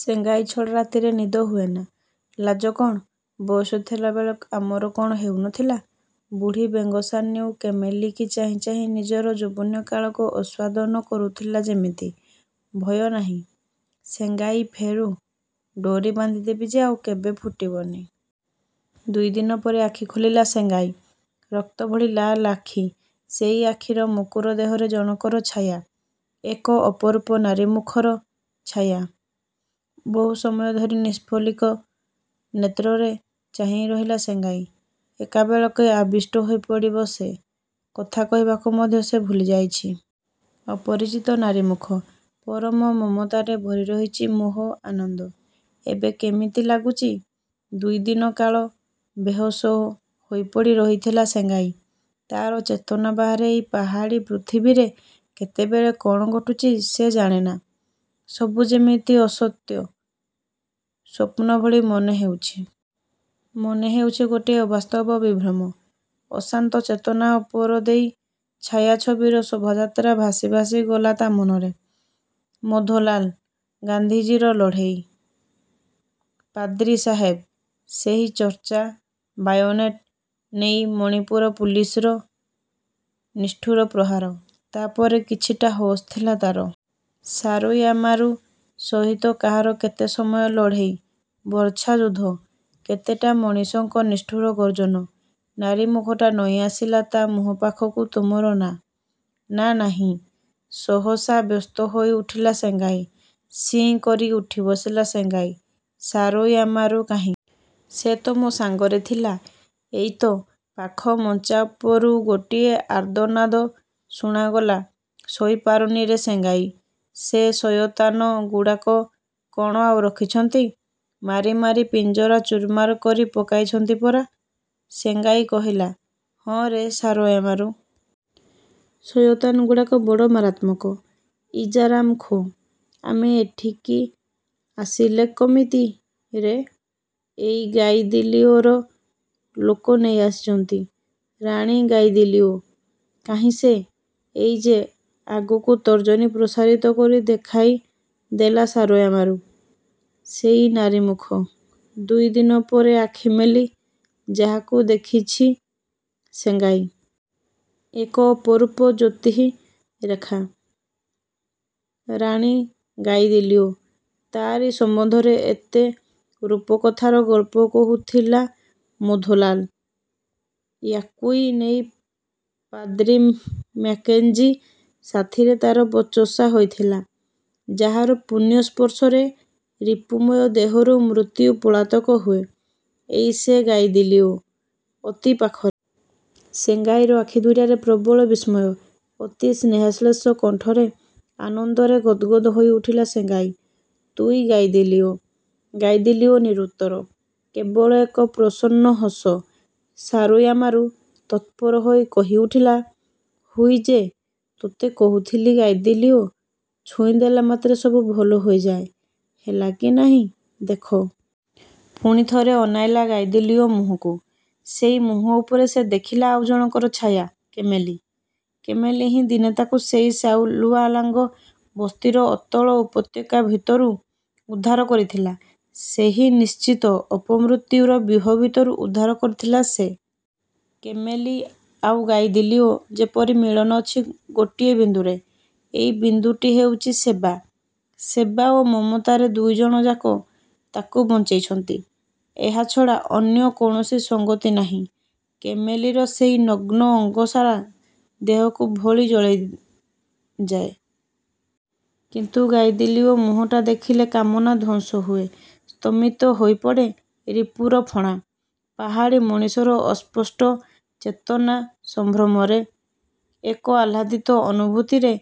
ସେଙ୍ଗାଇ ଛଡ଼ା ରାତିରେ ନିଦ ହୁଏନା! ଲାଜ କ'ଣ? ବୟସ ଥିଲାବେଳେ ଆମର କ'ଣ ହେଉ ନଥିଲା? ବୁଢ଼ୀ ବେଙ୍ଗସାନ୍ୟୁ କେମେଲୀକି ଚାହିଁ ଚାହିଁ ନିଜର ଯୌବନ କାଳକୁ ଅସ୍ୱାଦନ କରୁଥିଲା ଯେମିତି। ଭୟ ନାହିଁ। ସେଙ୍ଗାଇ ଫେରୁ, ଡ଼ୋରି ବାନ୍ଧିଦେବି ଯେ ଆଉ କେବେ ଫୁଟିବନି। ଦୁଇ ଦିନ ପରେ ଆଖି ଖୋଲିଲା ସେଙ୍ଗାଇ। ରକ୍ତ ଭଳି ଲାଲ ଆଖି। ସେଇ ଆଖିର ମୁକୁର ଦେହରେ ଜଣଙ୍କର ଛାୟା। ଏକ ଅପରୂପ ନାରୀମୁଖର ଛାୟା। ବହୁ ସମୟ ଧରି ନିଷ୍ପଲିକ ନେତ୍ରରେ ଚାହିଁ ରହିଲା ସେଙ୍ଗାଇ। ଏକାବେଳକେ ଆବିଷ୍ଟ ହୋଇପଡ଼ିବ ସେ। କଥା କହିବାକୁ ମଧ୍ୟ ସେ ଭୁଲିଯାଇଛି। ଅପରିଚିତ ନାରୀମୁଖ, ପରମ ମମତାରେ ଭରି ରହିଛି ମୋହ, ଆନନ୍ଦ। ଏବେ କେମିତି ଲାଗୁଚି? ଦୁଇଦିନ କାଳ ବେହୋସ ହୋଇପଡ଼ି ରହିଥିଲା ସେଙ୍ଗାଇ। ତାର ଚେତନା ବାହାରେ ଏଇ ପାହାଡ଼ୀ ପୃଥିବୀରେ କେତେବେଳେ କ'ଣ ଘଟୁଛି ସେ ଜାଣେନା। ସବୁ ଯେମିତି ଅସତ୍ୟ ସ୍ୱପ୍ନ ଭଳି ମନେ ହେଉଚି। ମନେ ହେଉଛି ଗୋଟାଏ ଅବାସ୍ତବ ବିଭ୍ରମ। ଅଶାନ୍ତ ଚେତନା ଉପର ଦେଇ ଛାୟାଛବିର ଶୋଭାଯାତ୍ରା ଭାସି ଭାସି ଗଲା ତା ମନରେ। ମଧୋଲାଲ। ଗାନ୍ଧିଜୀର ଲଢ଼େଇ। ପାଦ୍ରୀ ସାହେବ। ସେହି ଚର୍ଚ୍ଚା, ବାୟୋନେଟ ନେଇ ମଣିପୁର ପୁଲିସର ନିଷ୍ଠୁର ପ୍ରହାର। ତା ପରେ କିଛିଟା ହୋସ ଥିଲା ତାର। ସାରୁୟାମାରୁ ସହିତ କାହାର କେତେ ସମୟ ଲଢ଼େଇ, ବର୍ଚ୍ଛା ଯୁଦ୍ଧ। କେତେଟା ମଣିଷଙ୍କ ନିଷ୍ଠୁର ଗର୍ଜନ। ନାରୀ ମୁଖଟା ନଇଁ ଆସିଲା ତା ମୁହଁ ପାଖକୁ ତୁମର ନା? ନାଁ ନାହିଁ। ସହସା ବ୍ୟସ୍ତ ହୋଇଉଠିଲା ସେଙ୍ଗାଇ। ସିଁ କରି ଉଠିବସିଲା ସେଙ୍ଗାଇ। ସାରୁୟାମାରୁ କାହିଁ? ସେ ତ ମୋ ସାଙ୍ଗରେ ଥିଲା। ଏଇ ତ। ପାଖ ମଞ୍ଚା ଉପରୁ ଗୋଟିଏ ଆର୍ତ୍ତନାଦ ଶୁଣାଗଲା ଶୋଇ ପାରୁନି ରେ ସେଙ୍ଗାଇ। ସେ ସୟତାନଗୁଡ଼ାକ କ'ଣ ଆଉ ରଖିଛନ୍ତି? ମାରି ମାରି ପିଞ୍ଜରା ଚୁରମାର କରି ପକାଇଛନ୍ତି ପରା! ସେଙ୍ଗାଇ କହିଲା, ହଁ ରେ ସାରୁୟାମାରୁ! ସୟତାନଗୁଡ଼ାକ ବଡ଼ ମାରାତ୍ମକ। ଇଜା ରାମ ଖୋ! ଆମେ ଏଠିକି ଆସିଲେ କମିତି ରେ? ଏଇ ଗାଇଦିଲିଓର ଲୋକ ନେଇ ଆସିଛନ୍ତି। ରାଣୀ ଗାଇଦିଲିଓ! କାହିଁ ସେ? ଏଇ ଯେ ଆଗକୁ ତର୍ଜନୀ ପ୍ରସାରିତ କରି ଦେଖାଇ ଦେଲା ସାରୁୟାମାରୁ। ସେଇ ନାରୀମୁଖ, ଦୁଇଦିନ ପରେ ଆଖି ମେଲି ଯାହାକୁ ଦେଖିଛି ସେଙ୍ଗାଇ। ଏକ ଅପରୂପ ଜ୍ୟୋତିଃରେଖା। ରାଣୀ ଗାଇଦିଲିଓ! ତାରି ସମ୍ବନ୍ଧରେ ଏତେ ରୂପକଥାର ଗଳ୍ପ କହୁଥିଲା ମଧୋଲାଲ। ୟାକୁଇ ନେଇ ପାଦ୍ରୀ ମ୍ୟାକେଞ୍ଜି ସାଥିରେ ତାର ବଚସା ହୋଇଥିଲା। ଯାହାର ପୁଣ୍ୟ ସ୍ପର୍ଶରେ ରିପୁମୟ ଦେହରୁ ମୃତ୍ୟୁ ପଳାତକ ହୁଏ, ଏଇ ସେ ଗାଇଦିଲିଓ! ଅତି ପାଖରେ। ସେଙ୍ଗାଇର ଆଖି ଦୁଇଟାରେ ପ୍ରବଳ ବିସ୍ମୟ। ଅତି ସ୍ନେହାଶ୍ଳେଷ କଣ୍ଠରେ ଆନନ୍ଦରେ ଗଦ୍ଗଦ୍ ହୋଇଉଠିଲା ସେଙ୍ଗାଇ। ତୁଇ ଗାଇଦିଲିଓ। ଗାଇଦିଲିଓ ନିରୁତ୍ତର। କେବଳ ଏକ ପ୍ରସନ୍ନ ହସ। ସାରୁୟାମାରୁ ତତ୍ପର ହୋଇ କହିଉଠିଲା ହୁଇ ଯେ ତୋତେ କହୁଥିଲି ଗାଇଦିଲିଓ ଛୁଇଁ ଦେଲାମାତ୍ରେ ସବୁ ଭଲ ହୋଇଯାଏ, ହେଲା କି ନାହିଁ ଦେଖ। ପୁଣି ଥରେ ଅନାଇଲା ଗାଇଦିଲିଓ ମୁହଁକୁ। ସେଇ ମୁହଁ ଉପରେ ସେ ଦେଖିଲା ଆଉ ଜଣଙ୍କର ଛାୟା, କେମେଲୀ। କେମେଲୀ ହିଁ ଦିନେ ତାକୁ ସେଇ ସାଲୁଆଲାଙ୍ଗ ବସ୍ତିର ଅତଳ ଉପତ୍ୟକା ଭିତରୁ ଉଦ୍ଧାର କରିଥିଲା। ସେହି ନିଶ୍ଚିତ ଅପମୃତ୍ୟୁର ବ୍ୟୁହ ଭିତରୁ ଉଦ୍ଧାର କରିଥିଲା ସେ। କେମେଲୀ ଆଉ ଗାଇଦିଲିଓ ଯେପରି ମିଳନ ଅଛି ଗୋଟିଏ ବିନ୍ଦୁରେ। ଏଇ ବିନ୍ଦୁଟି ହେଉଚି ସେବା। ସେବା ଓ ମମତାରେ ଦୁଇ ଜଣଯାକ ତାକୁ ବଞ୍ଚେଇଛନ୍ତି। ଏହା ଛଡ଼ା ଅନ୍ୟ କୌଣସି ସଙ୍ଗତି ନାହିଁ। କେମେଲୀର ସେଇ ନଗ୍ନ ଅଙ୍ଗ ସାରା ଦେହକୁ ଭଳି ଜଳେଇଯାଏ। କିନ୍ତୁ ଗାଇଦିଲିଓର ମୁହଁଟା ଦେଖିଲେ କାମନା ଧ୍ୱଂସ ହୁଏ। ସ୍ତମିତ ହୋଇପଡ଼େ ରିପୁର ଫଣା। ପାହାଡ଼ୀ ମଣିଷର ଅସ୍ପଷ୍ଟ ଚେତନା ସଂଭ୍ରମରେ, ଏକ ଆହ୍ଲାଦିତ ଅନୁଭୂତିରେ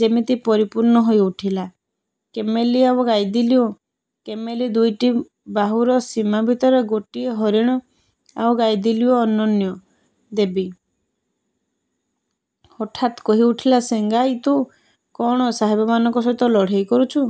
ଯେମିତି ପରିପୂର୍ଣ୍ଣ ହୋଇଉଠିଲା। କେମେଲୀ ଆଉ ଗାଇଦିଲିଓ। କେମେଲୀ ଦୁଇଟି ବାହୁର ସୀମା ଭିତରେ ଗୋଟିଏ ହରିଣ ଆଉ ଗାଇଦିଲିଓ ଅନନ୍ୟ, ଦେବୀ! ହଠାତ୍ କହି ଉଠିଲା ସେଙ୍ଗାଇତୁ କ'ଣ ସାହେବମାନଙ୍କ ସହିତ ଲଢ଼େଇ କରୁଚୁ?